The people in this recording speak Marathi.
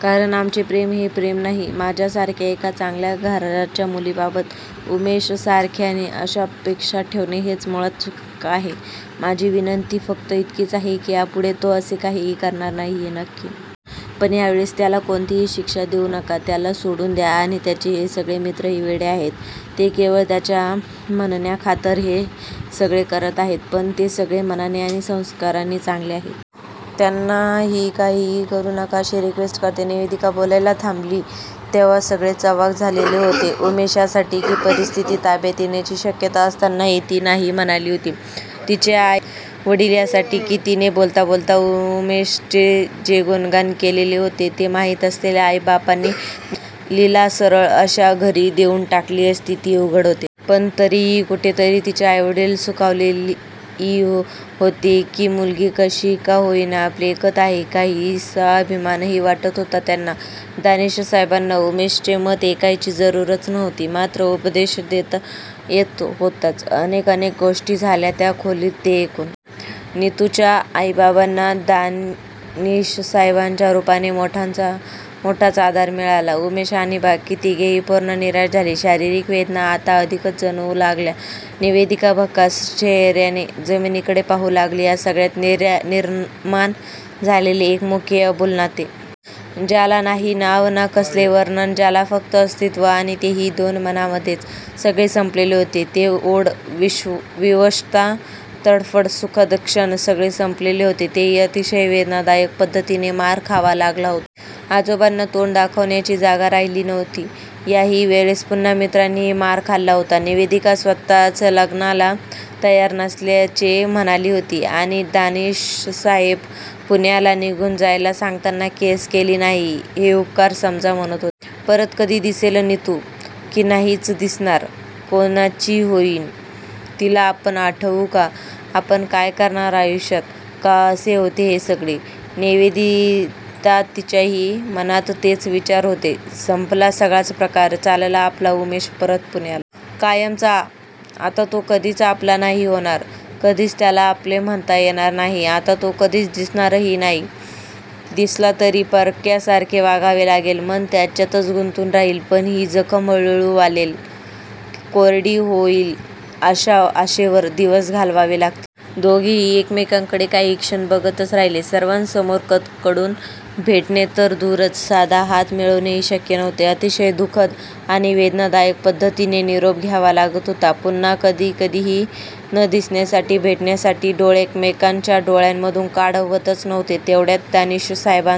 कारण आमचे प्रेम हे प्रेम नाही. माझ्यासारख्या एका चांगल्या घरच्या मुलीबाबत उमेशसारख्याने अशा अपेक्षा ठेवणे हेच मुळात चूक आहे. माझी विनंती फक्त इतकीच आहे की यापुढे तो असे काहीही करणार नाही हे नक्की. पण ह्यावेळेस त्याला कोणतीही शिक्षा देऊ नका. त्याला सोडून द्या आणि त्याचे हे सगळे मित्रही वेडे आहेत. ते केवळ त्याच्या म्हणण्याखातर हे सगळे करत आहेत. पण ते सगळे मनाने आणि संस्कारांनी चांगले आहेत. त्यांनाही काहीही करू नका अशी रिक्वेस्ट करते. निवेदिता बोलायला थांबली तेव्हा सगलेच अवाक झालेले होते. उमेश यासाठी की परिस्थिती ताब्यात येण्याची शक्यता असतानाही ती नाही म्हणाली होती. तिचे आई वडील यासाठी की तिने बोलता बोलता उमेशचे जे गुणगान केलेले होते ते माहीत असलेल्या आई बापांनी मुलीला सरळ अशा घरी देऊन टाकली असती हे उघड होते. पण तरीही कोठेतरी तिचे आईवडील सुखावलेही होते की मुलगी कशी का होईना आपले ऐकत आहे. काहीसा अभिमानही वाटत होता त्यांना! दानिशसाहेबांना उमेशचे मत ऐकायची जरूरच नव्हती. मात्र उपदेश देता येत होताच. अनेक अनेक अनेक गोष्टी झाल्या त्या खोलीत ते ऐकून! नितुच्या आई बाबांना दानिशसाहेबांच्या रुपाने मोठाच आधार मिळाला. उमेश आणि बाकी तिघेही पूर्ण निराश झाले. शारिरीक वेदना आता अधिकच जाणवू लागल्या. निवेदिता भकास चेहर्याने जमीनीकडे पाहू लागली. या सगळ्यात निर्माण झालेले एक मुके, अबोल नाते! ज्याला नाही नाव ना कसले वर्णन! ज्याला फक्त अस्तित्व आणि तेही दोन मनामध्येच! सगळे संपलेले होते. ती ओढ, विवशता, तडफड, सुखद क्षण सगळे संपलेले होते. तेही अतिशय वेदनादायक पद्धतीने! मार खावा लागला होता. आजोबांना तोंड दाखवण्याची जागा राहिली नव्हती. याही वेळेस पुन्हा मित्रांनीही मार खाल्ला होता. निवेदिता स्वतःच लग्नाला तयार नसल्याचे म्हणाली होती. आणि दानिशसाहेब पुण्याला निघून जायला सांगताना केस केली नाही हे उपकार समजा म्हणत होते. परत कधी दिसेल नितु? की नाहीच दिसणार? कोणाची होईल? तिला आपण आठवू का? आपण काय करणार आयुष्यात? का असे होते हे सगळे? निवेदिताच्याही मनात तेच विचार होते! संपला सगळाच प्रकार! चालला आपला उमेश परत पुण्याला! कायमचा! आता तो कधीच आपला नाही होणार! कधीच त्याला आपले म्हणता येणार नाही. आता तो कधीच दिसणारही नाही. दिसला तरी परक्यासारखे वागावे लागेल. मन त्याच्यातच गुंतून राहील. पण ही जखम ह्ळूहळू वालेल, कोर्डी होईल अशा आशेवर दिवस घालवावे लागतील. दोघेही एकमेकांकडे काही क्षण बघतच राहिले. सर्वांसमोर कदकडून भेटने तर दूरच, साधा हात मिळवणेही शक्य नव्हते. अतिशय दु:खद आणि वेदनादायक पद्धतीने निरोप घ्यावा लागत होता. पुन्हा कधी कधीही न दिसण्यासाठी, भेटण्यासाठी! डोळे एकमेकांच्या डोळ्यांमधून काढवतच नव्हते. तेवढ्यात दानिशसाहेबांचा